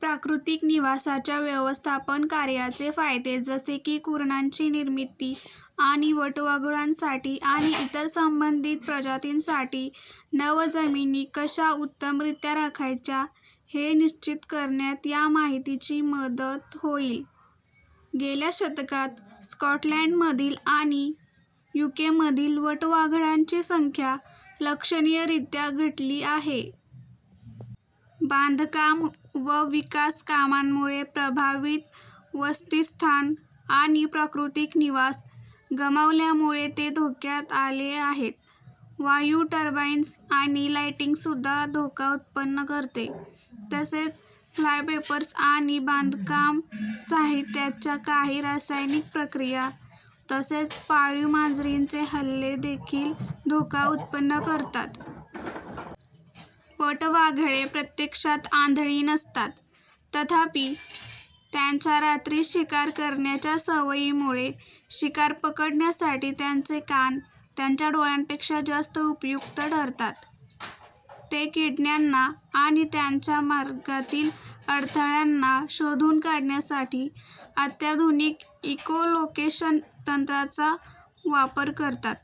प्राकृतिक निवासाच्या व्यवस्थापन कार्याचे फायदे जसे की कुरणांची निर्मिती आणि वटवाघळांसाठी आणि इतर संबंधित प्रजातींसाठी वनजमिनी कशा उत्तमरित्या राखायच्या हे निश्चित करण्यात या माहितीची मदत होईल. गेल्या शतकात स्कॉटलंडमधील आणि युकेमधील वटवाघळांची संख्या लक्षणीयरित्या घटली आहे. बांधकाम व विकास कामांमुळे प्रभावित वसतिस्थान आणि प्राकृतिक निवास गमावल्यामुळे ते धोक्यात आले आहेत. वायु टर्बाइन्स आणि लायटिंगसुद्धा धोका उत्पन्न करते, तसेच फ्लायपेपर्स आणि बांधकाम साहित्याच्या काही रासायनिक प्रक्रिया, तसेच पाळीव मांजरींचे हल्ले देखील धोका उत्पन्न करतात. वटवाघळे प्रत्यक्षात आंधळी नसतात. तथापि, त्यांच्या रात्री शिकार करण्याच्या सवयीमुळे शिकार पकडण्यासाठी त्यांचे कान त्यांच्या डोळ्यांपेक्षा जास्त उपयुक्त ठरतात. ते किड्यांना आणि त्यांच्या मार्गातील अडथळ्यांना शोधून काढण्यासाठी अत्याधुनिक इको-लोकेशन तंत्राचा वापर करतात.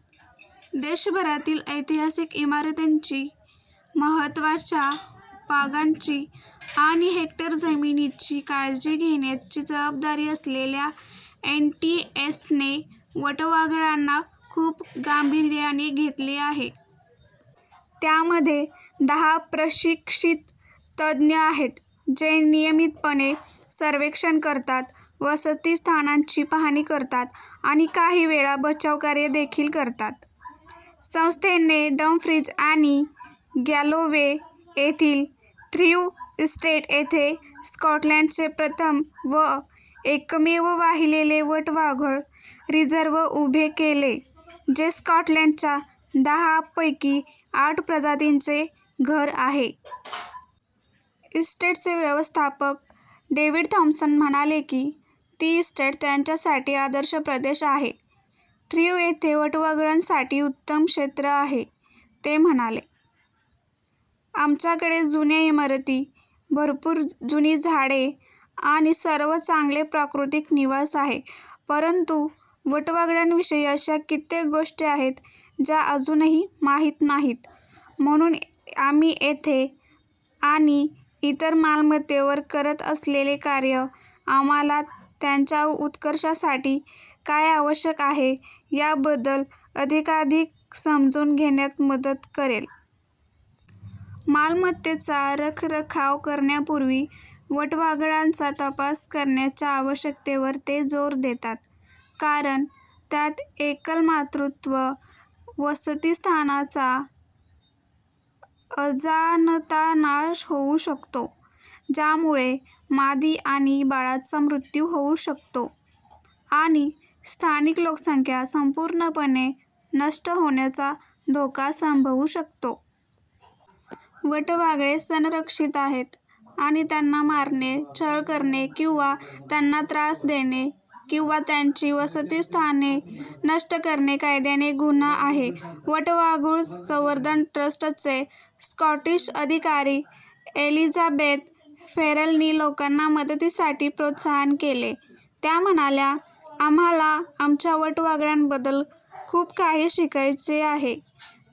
देशभरातील ऐतिहासिक इमारतींची, महत्त्वाच्या बागांची आणि हेक्टर जमिनीची काळजी घेण्याची जबाबदारी असलेल्या एनटीएसने वटवाघळांना खूप गांभिर्याने घेतले आहे. त्यामध्ये दहा प्रशिक्षित तज्ज्ञ आहेत जे नियमितपणे सर्वेक्षण करतात, वसतिस्थानांची पाहणी करतात आणि काही वेळा बचावकार्य देखील करतात. संस्थेने डमफ्रीज आणि गॅलोवे येथील थ्रीव्ह इस्टेट येथे स्कॉटलँडचे प्रथम व एकमेव वाहिलेले वटवाघळ रिझर्व उभे केले जे स्कॉटलंडच्या दहापैकी आठ प्रजातींचे घर आहे. इस्टेटचे व्यवस्थापक डेव्हिड थॉम्पसन म्हणाले की ती इस्टेट त्यांच्यासाठी आदर्श प्रदेश आहे. "थ्रीव्ह येथे वटवाघळांसाठी उत्तम क्षेत्र आहे," ते म्हणाले. "आमच्याकडे जुन्या इमारती, भरपूर जुनी झाडे आणि सर्व चांगले प्राकृतिक निवास आहे. परंतु, वटवाघळांविषयी अशा कित्येक गोष्टी आहेत ज्या अजूनही माहीत नाहीत, म्हणून आम्ही येथे आणि इतर मालमत्तेवर करत असलेले कार्य आम्हाला त्यांच्या उत्कर्षासाठी काय आवश्यक आहे याबद्दल अधिकाधिक समजून घेण्यात मदत करेल. " मालमत्तेचा रखरखाव करण्यापूर्वी वटवाघळांचा तपास करण्याच्या आवश्यकतेवर ते जोर देतात कारण त्यात एकल मातृत्व वसतिस्थानाचा अजाणता नाश होऊ शकतो, ज्यामुळे मादी आणि बाळांचा मृत्यू होऊ शकतो, आणि स्थानिक लोकसंख्या संपूर्णपणे नष्ट होण्याचा धोका संभवू शकतो. वटवाघळे संरक्षित आहेत आणि त्याना मारणे, छळ करणे किंवा त्यांना त्रास देणे किंवा त्यांची वसतिस्थाने नष्ट करणे कायद्याने गुन्हा आहे. वटवाघूळ संवर्धन ट्रस्टचे स्कॉटिश अधिकारी एलिझाबेथ फेरेलनी लोकांना मदतीसाठी प्रोत्साहित केले. त्या म्हणाल्या: "आम्हाला आमच्या वटवाघळांबद्दल खूप काही शिकायचे आहे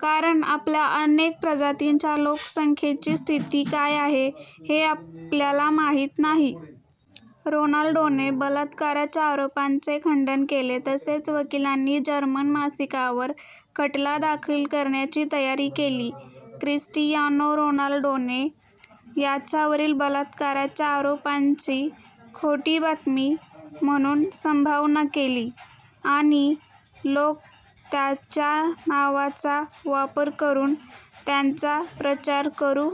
कारण आपल्या अनेक प्रजातींच्या लोकसंख्येची स्थिती काय आहे हे आपल्याला माहीत नाही. " रोनाल्डोने बलात्काराच्या आरोपांचे खंडन केले तसेच वकिलांनी जर्मन मासिकावर खटला दाखल करण्याची तयारी केली क्रिस्टियानो रोनाल्डोने त्याच्यावरील बलात्काराच्या आरोपांची "खोटी बातमी" म्हणून संभावना केली आणि लोक त्याच्या नावाचा वापर करून "त्यांचा प्रचार करू